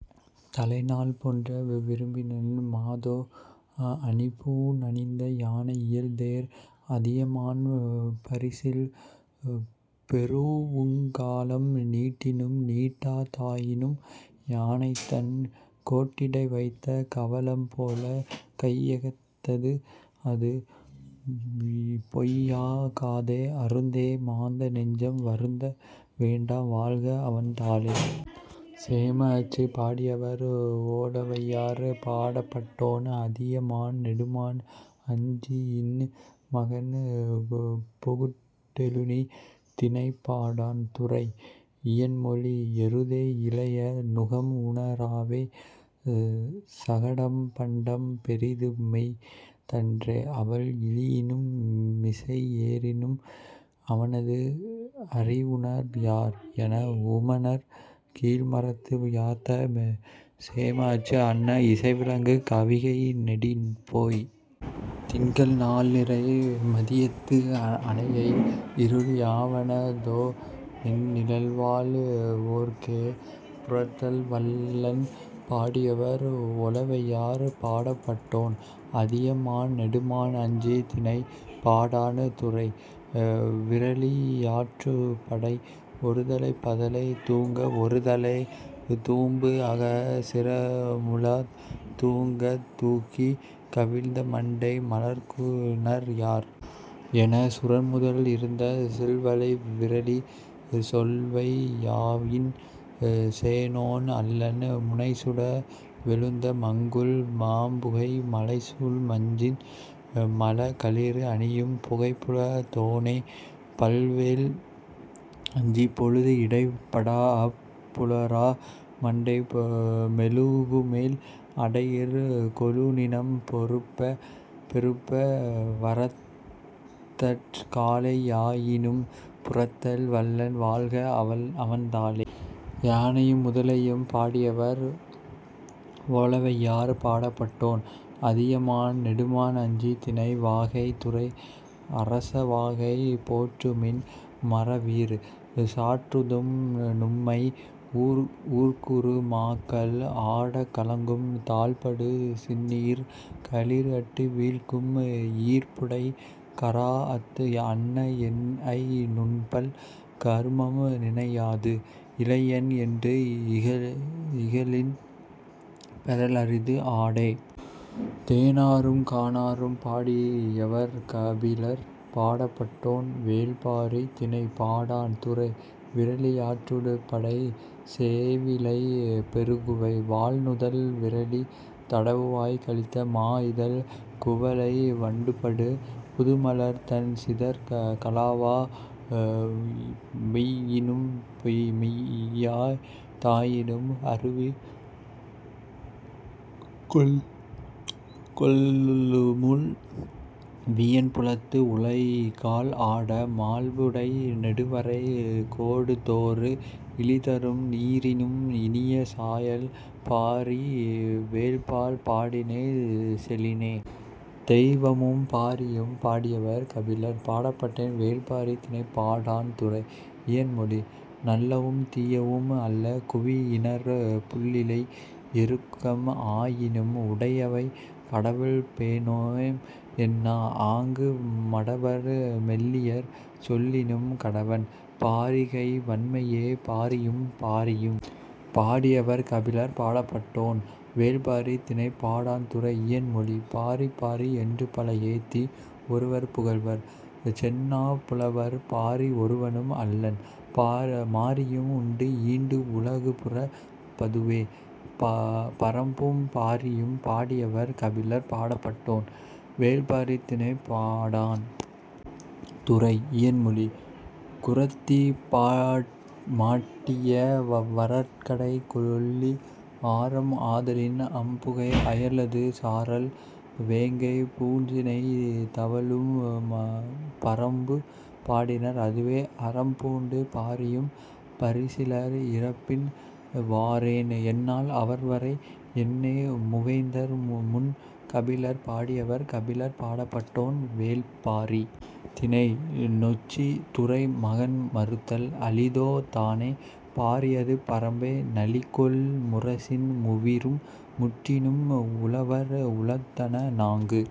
தலைநாள் பொன்ற விருப்பினன் மாதோ; அணிபூண் அணிந்த யானை இயல்தேர் அதியமான்; பரிசில் பெறூஉங் காலம் நீட்டினும், நீட்டா தாயினும், யானைதன்' கோட்டிடை வைத்த கவளம் போலக் கையகத் தது அது; பொய்யா காதே; அருந்தே மாந்த நெஞ்சம்! வருந்த வேண்டா; வாழ்க, அவன் தாளே!. சேம அச்சு! பாடியவர்: ஔவையார். பாடப்பட்டோன்: அதியமான் நெடுமான் அஞ்சியின் மகன் பொகுட்டெழினி. திணை: பாடாண். துறை: இயன்மொழி. 'எருதே இளைய; நுகம் உண ராவே; சகடம் பண்டம் பெரிதுபெய் தன்றே; அவல் இழியினும், மிசை ஏறினும், அவணது அறியுநர் யார்? ' என, உமணர் கீழ்மரத்து யாத்த சேமஅச்சு அன்ன, இசை விளங்கு கவிகை நெடியோய்! திங்கள் நாள்நிறை மதியத்து அனையை; இருள் யாவண தோ, நின் நிழல்வாழ் வோர்க்கே?. புரத்தல் வல்லன்! பாடியவர்: ஔவையார். பாடப்பட்டோன்: அதியமான் நெடுமான் அஞ்சி. திணை: பாடாண். துறை: விறலியாற்றுப்படை. ஒருதலைப் பதலை தூங்க, ஒருதலைத் தூம்புஅகச் சிறுமுழாத் தூங்கத் தூக்கிக், 'கவிழ்ந்த மண்டை மலர்க்குநர் யார்? ' எனச் சுரன்முதல் இருந்த சில்வளை விறலி! செல்வை யாயின், சேணோன் அல்லன்; முனைசுட வெழுந்த மங்குல் மாப்புகை மலைசூழ் மஞ்சின், மழ களிறு அணியும் பகைப்புலத் தோனே, பல் வேல் அஞ்சி; பொழுது இடைப் படாஅப் புலரா மண்டை மெழுகுமெல் அடையிற் கொழுநிணம் பெருப்ப, வறத்தற் காலை யாயினும், புரத்தல் வல்லன்; வாழ்க, அவன் தாளே!. யானையும் முதலையும்! பாடியவர்: ஔவையார். பாடப்பட்டோன்: அதியமான் நெடுமான் அஞ்சி. திணை: வாகை. துறை: அரசவாகை. போற்றுமின், மறவீர்! சாற்றுதும், நும்மை; ஊர்க்குறு மாக்கள் ஆடக் கலங்கும் தாள்படு சின்னீர் களிறு அட்டு வீழ்க்கும் ஈர்ப்புடைக் கராஅத்து அன்ன என்ஐ நுண்பல் கருமம் நினையாது, 'இளையன்' என்று இகழின், பெறல் அரிது, ஆடே.. தேனாறும் கானாறும்! பாடியவர்: கபிலர். பாடப்பட்டோன்: வேள் பாரி. திணை: பாடாண். துறை: விறலியாற்றுப்படை. சேயிழை பெறுகுவை, வாள் நுதல் விறலி! தடவுவாய்க் கலித்த மாஇதழ்க் குவளை வண்டுபடு புதுமலர்த் தண் சிதர் கலாவப் பெய்யினும், பெய்யா தாயினும், அருவி கொள்ளுழு வியன்புலத்து உழைகால் ஆட, மால்புஉடை நெடுவரைக் கோடுதொறு இழிதரும் நீரினும் இனிய சாயல் பாரி வேள்பால் பாடினை செலினே.. தெய்வமும் பாரியும்! பாடியவர்: கபிலர். பாடப்பட்டோன்: வேள் பாரி. திணை: பாடாண். துறை: இயன்மொழி. நல்லவும் தீயவும் அல்ல குவி இணர்ப் புல்லிலை எருக்கம் ஆயினும், உடையவை கடவுள் பேணேம் என்னா; ஆங்கு மடவர் மெல்லியர் செல்லினும், கடவன், பாரி கை வண்மையே.. மாரியும் பாரியும்! பாடியவர்: கபிலர். பாடப்பட்டோன்: வேள் பாரி. திணை: பாடாண். துறை: இயன்மொழி. 'பாரி பாரி' என்றுபல ஏத்தி, ஒருவர்ப் புகழ்வர், செந்நாப் புலவர்: பாரி ஒருவனும் அல்லன்; மாரியும் உண்டு, ஈண்டு உலகுபுரப் பதுவே.. பறம்பும் பாரியும்! பாடியவர்: கபிலர். பாடப்பட்டோன்: வேள் பாரி. திணை: பாடாண். துறை: இயன்மொழி. குறத்தி மாட்டிய வறற்கடைக் கொள்ளி ஆரம் ஆதலின், அம் புகை அயலது சாரல் வேங்கைப் பூஞ்சினைத் தவழும் பறம்பு பாடினர் அதுவே! அறம்பூண்டு, பாரியும், பரிசிலர் இரப்பின், 'வாரேன்' என்னான், அவர் வரை யன்னே.. மூவேந்தர் முன் கபிலர்! பாடியவர்: கபிலர். பாடப்பட்டோன்: வேள் பாரி. திணை: நொச்சி. துறை: மகண் மறுத்தல். அளிதோ தானே, பாரியது பறம்பே! நளி கொள் முரசின் மூவிரும் முற்றினும், உழவர் உழாதன நான்கு